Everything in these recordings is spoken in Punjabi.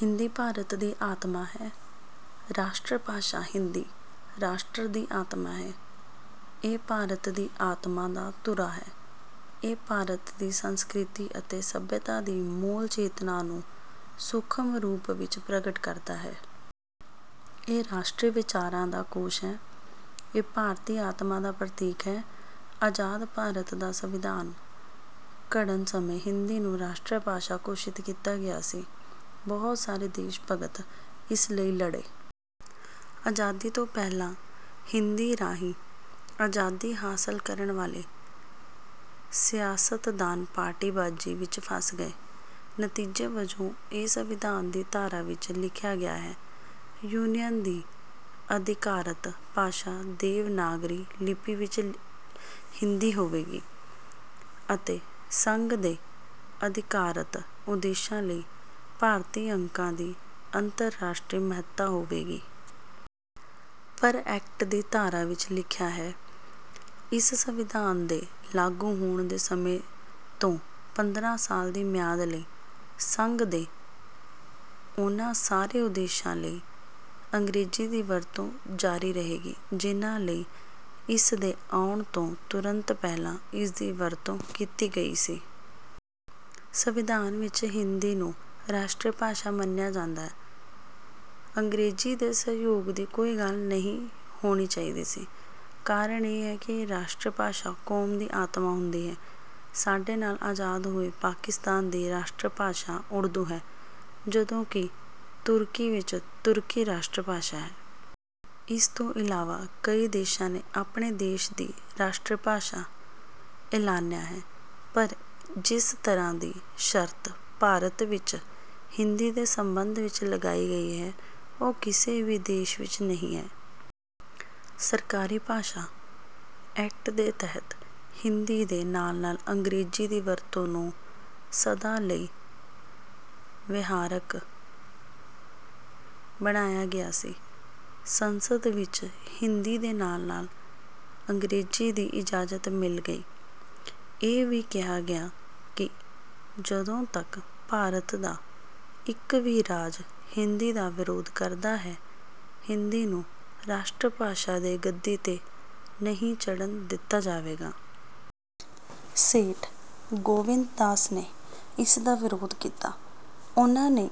ਹਿੰਦੀ ਭਾਰਤ ਦੀ ਆਤਮਾ ਹੈ ਰਾਸ਼ਟਰੀ ਭਾਸ਼ਾ ਹਿੰਦੀ ਰਾਸ਼ਟਰ ਦੀ ਆਤਮਾ ਹੈ। ਇਹ ਭਾਰਤ ਦੀ ਆਤਮਾ ਦਾ ਧੁਰਾ ਹੈ। ਇਹ ਭਾਰਤ ਦੀ ਸੰਸਕ੍ਰਿਤੀ ਅਤੇ ਸੱਭਿਅਤਾ ਦੀ ਮੂਲ ਚੇਤਨਾ ਨੂੰ ਸੂਖਮ ਰੂਪ ਵਿੱਚ ਪ੍ਰਗਟ ਕਰਦਾ ਹੈ। ਇਹ ਰਾਸ਼ਟਰੀ ਵਿਚਾਰਾਂ ਦਾ ਕੋਸ਼ ਹੈ। ਇਹ ਭਾਰਤੀ ਆਤਮਾ ਦਾ ਪ੍ਰਤੀਕ ਹੈ। ਆਜ਼ਾਦ ਭਾਰਤ ਦਾ ਸੰਵਿਧਾਨ ਘੜਨ ਸਮੇਂ ਹਿੰਦੀ ਨੂੰ ਰਾਸ਼ਟਰੀ ਭਾਸ਼ਾ ਘੋਸ਼ਿਤ ਕੀਤਾ ਗਿਆ ਸੀ। ਬਹੁਤ ਸਾਰੇ ਦੇਸ਼ ਭਗਤ ਇਸ ਲਈ ਲੜੇ। ਆਜ਼ਾਦੀ ਤੋਂ ਪਹਿਲਾਂ ਹਿੰਦੀ ਰਾਹੀਂ ਆਜ਼ਾਦੀ ਹਾਸਲ ਕਰਨ ਵਾਲੇ ਸਿਆਸਤਦਾਨ ਪਾਰਟੀਬਾਜ਼ੀ ਵਿੱਚ ਫਸ ਗਏ। ਨਤੀਜੇ ਵਜੋਂ, ਇਹ ਸੰਵਿਧਾਨ ਦੀ ਧਾਰਾ ਵਿੱਚ ਲਿਖਿਆ ਗਿਆ ਹੈ। ਯੂਨੀਅਨ ਦੀ ਅਧਿਕਾਰਤ ਭਾਸ਼ਾ ਦੇਵਨਾਗਰੀ ਲਿਪੀ ਵਿੱਚ ਹਿੰਦੀ ਹੋਵੇਗੀ ਅਤੇ ਸੰਘ ਦੇ ਅਧਿਕਾਰਤ ਉਦੇਸ਼ਾਂ ਲਈ ਭਾਰਤੀ ਅੰਕਾਂ ਦੀ ਅੰਤਰਰਾਸ਼ਟਰੀ ਮਹੱਤਤਾ ਹੋਵੇਗੀ। ਪਰ ਐਕਟ ਦੀ ਧਾਰਾ ਵਿਚ ਲਿਖਿਆ ਹੈ, 'ਇਸ ਸੰਵਿਧਾਨ ਦੇ ਲਾਗੂ ਹੋਣ ਦੇ ਸਮੇਂ ਤੋਂ ਪੰਦਰਾਂ ਸਾਲਾਂ ਦੀ ਮਿਆਦ ਲਈ, ਸੰਘ ਦੇ ਉਨ੍ਹਾਂ ਸਾਰੇ ਉਦੇਸ਼ਾਂ ਲਈ ਅੰਗਰੇਜ਼ੀ ਦੀ ਵਰਤੋਂ ਜਾਰੀ ਰਹੇਗੀ ਜਿਨ੍ਹਾਂ ਲਈ ਇਸ ਦੇ ਆਉਣ ਤੋਂ ਤੁਰੰਤ ਪਹਿਲਾਂ ਇਸਦੀ ਵਰਤੋਂ ਕੀਤੀ ਗਈ ਸੀ। ਸੰਵਿਧਾਨ ਵਿੱਚ ਹਿੰਦੀ ਨੂੰ ਰਾਸ਼ਟਰੀ ਭਾਸ਼ਾ ਮੰਨਿਆ ਜਾਂਦਾ। ਅੰਗਰੇਜ਼ੀ ਦੇ ਸਹਿਯੋਗ ਦੀ ਕੋਈ ਗੱਲ ਨਹੀਂ ਹੋਣੀ ਚਾਹੀਦੀ ਸੀ। ਕਾਰਨ ਇਹ ਹੈ ਕਿ ਰਾਸ਼ਟਰੀ ਭਾਸ਼ਾ ਕੌਮ ਦੀ ਆਤਮਾ ਹੁੰਦੀ ਹੈ। ਸਾਡੇ ਨਾਲ ਆਜ਼ਾਦ ਹੋਏ ਪਾਕਿਸਤਾਨ ਦੀ ਰਾਸ਼ਟਰੀ ਭਾਸ਼ਾ ਉਰਦੂ ਹੈ, ਜਦੋਂ ਕਿ ਤੁਰਕੀ ਵਿੱਚ ਤੁਰਕੀ ਰਾਸ਼ਟਰੀ ਭਾਸ਼ਾ ਹੈ। ਇਸ ਤੋਂ ਇਲਾਵਾ ਕਈ ਦੇਸ਼ਾਂ ਨੇ ਆਪਣੇ ਦੇਸ਼ ਦੀ ਰਾਸ਼ਟਰੀ ਭਾਸ਼ਾ ਐਲਾਨਿਆ ਹੈ ਪਰ ਜਿਸ ਤਰ੍ਹਾਂ ਦੀ ਸ਼ਰਤ ਭਾਰਤ ਵਿਚ ਹਿੰਦੀ ਦੇ ਸਬੰਧ ਵਿਚ ਲਗਾਈ ਗਈ ਹੈ, ਉਹ ਕਿਸੇ ਵੀ ਦੇਸ਼ ਵਿਚ ਨਹੀਂ ਹੈ। ਸਰਕਾਰੀ ਭਾਸ਼ਾ ਐਕਟ ਦੇ ਤਹਿਤ ਹਿੰਦੀ ਦੇ ਨਾਲ-ਨਾਲ ਅੰਗਰੇਜ਼ੀ ਦੀ ਵਰਤੋਂ ਨੂੰ ਸਦਾ ਲਈ ਵਿਹਾਰਕ ਬਣਾਇਆ ਗਿਆ ਸੀ। ਸੰਸਦ ਵਿਚ ਹਿੰਦੀ ਦੇ ਨਾਲ-ਨਾਲ ਅੰਗਰੇਜ਼ੀ ਦੀ ਇਜਾਜ਼ਤ ਮਿਲ ਗਈ। ਇਹ ਵੀ ਕਿਹਾ ਗਿਆ ਕਿ ਜਦੋਂ ਤੱਕ ਭਾਰਤ ਦਾ ਇੱਕ ਵੀ ਰਾਜ ਹਿੰਦੀ ਦਾ ਵਿਰੋਧ ਕਰਦਾ ਹੈ, ਹਿੰਦੀ ਨੂੰ ਰਾਸ਼ਟਰੀ ਭਾਸ਼ਾ ਦੇ ਗੱਦੀ 'ਤੇ ਨਹੀਂ ਚੜ੍ਹਨ ਦਿੱਤਾ ਜਾਵੇਗਾ। ਸੇਠ ਗੋਵਿੰਦਦਾਸ ਨੇ ਇਸ ਦਾ ਵਿਰੋਧ ਕੀਤਾ। ਉਹਨਾਂ ਨੇ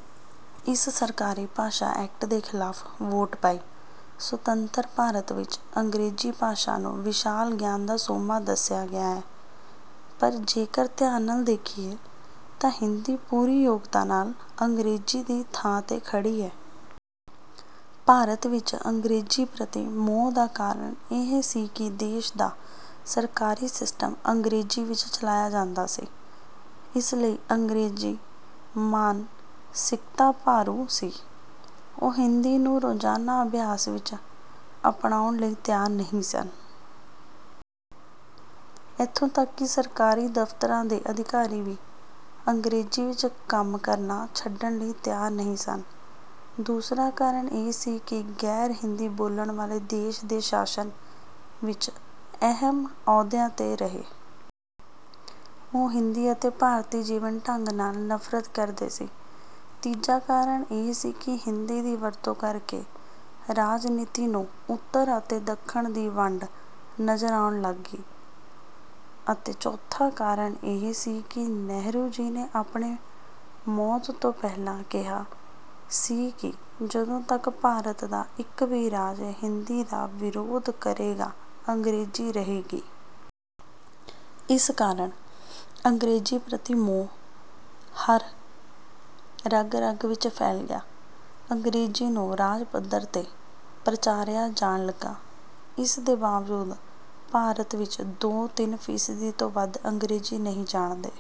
ਇਸ ਸਰਕਾਰੀ ਭਾਸ਼ਾ ਐਕਟ ਦੇ ਖਿਲਾਫ ਵੋਟ ਪਾਈ। ਸੁਤੰਤਰ ਭਾਰਤ ਵਿੱਚ ਅੰਗਰੇਜ਼ੀ ਭਾਸ਼ਾ ਨੂੰ ਵਿਸ਼ਾਲ ਗਿਆਨ ਦਾ ਸੋਮਾ ਦੱਸਿਆ ਗਿਆ ਹੈ, ਪਰ ਜੇਕਰ ਧਿਆਨ ਨਾਲ ਦੇਖੀਏ ਤਾਂ ਹਿੰਦੀ ਪੂਰੀ ਯੋਗਤਾ ਨਾਲ ਅੰਗਰੇਜ਼ੀ ਦੀ ਥਾਂ 'ਤੇ ਖੜ੍ਹੀ ਹੈ। ਭਾਰਤ ਵਿੱਚ ਅੰਗਰੇਜ਼ੀ ਪ੍ਰਤੀ ਮੋਹ ਦਾ ਕਾਰਨ ਇਹ ਸੀ ਕਿ ਦੇਸ਼ ਦਾ ਸਰਕਾਰੀ ਸਿਸਟਮ ਅੰਗਰੇਜ਼ੀ ਵਿੱਚ ਚਲਾਇਆ ਜਾਂਦਾ ਸੀ। ਇਸ ਲਈ ਅੰਗਰੇਜ਼ੀ ਮਾਨਸਿਕਤਾ ਭਾਰੂ ਸੀ। ਉਹ ਹਿੰਦੀ ਨੂੰ ਰੋਜ਼ਾਨਾ ਅਭਿਆਸ ਵਿੱਚ ਅਪਣਾਉਣ ਲਈ ਤਿਆਰ ਨਹੀਂ ਸਨ। ਇੱਥੋਂ ਤੱਕ ਕਿ ਸਰਕਾਰੀ ਦਫ਼ਤਰਾਂ ਦੇ ਅਧਿਕਾਰੀ ਵੀ ਅੰਗਰੇਜ਼ੀ ਵਿੱਚ ਕੰਮ ਕਰਨਾ ਛੱਡਣ ਲਈ ਤਿਆਰ ਨਹੀਂ ਸਨ। ਦੂਸਰਾ ਕਾਰਨ ਇਹ ਸੀ ਕਿ ਗੈਰ-ਹਿੰਦੀ ਬੋਲਣ ਵਾਲੇ ਦੇਸ਼ ਦੇ ਸ਼ਾਸਨ ਵਿਚ ਅਹਿਮ ਅਹੁਦਿਆਂ 'ਤੇ ਰਹੇ। ਉਹ ਹਿੰਦੀ ਅਤੇ ਭਾਰਤੀ ਜੀਵਨ ਢੰਗ ਨਾਲ ਨਫ਼ਰਤ ਕਰਦੇ ਸੀ। ਤੀਜਾ ਕਾਰਨ ਇਹ ਸੀ ਕਿ ਹਿੰਦੀ ਦੀ ਵਰਤੋਂ ਕਰਕੇ ਰਾਜਨੀਤੀ ਨੂੰ ਉੱਤਰ ਅਤੇ ਦੱਖਣ ਦੀ ਵੰਡ ਨਜ਼ਰ ਆਉਣ ਲੱਗੀ ਅਤੇ ਚੌਥਾ ਕਾਰਨ ਇਹ ਸੀ ਕਿ ਨਹਿਰੂ ਜੀ ਨੇ ਆਪਣੀ ਮੌਤ ਤੋਂ ਪਹਿਲਾਂ ਕਿਹਾ ਸੀ ਕਿ ਜਦੋਂ ਤੱਕ ਭਾਰਤ ਦਾ ਇੱਕ ਵੀ ਰਾਜ ਹਿੰਦੀ ਦਾ ਵਿਰੋਧ ਕਰੇਗਾ, ਅੰਗਰੇਜ਼ੀ ਰਹੇਗੀ। ਇਸ ਕਾਰਨ ਅੰਗਰੇਜ਼ੀ ਪ੍ਰਤੀ ਮੋਹ ਹਰ ਰਗ-ਰਗ ਵਿਚ ਫੈਲ ਗਿਆ। ਅੰਗਰੇਜ਼ੀ ਨੂੰ ਰਾਜ ਪੱਧਰ 'ਤੇ ਪ੍ਰਚਾਰਿਆ ਜਾਣ ਲੱਗਾ। ਇਸ ਦੇ ਬਾਵਜੂਦ ਭਾਰਤ ਵਿੱਚ ਦੋ-ਤਿੰਨ ਫ਼ੀਸਦੀ ਤੋਂ ਵੱਧ ਅੰਗਰੇਜ਼ੀ ਨਹੀਂ ਜਾਣਦੇ।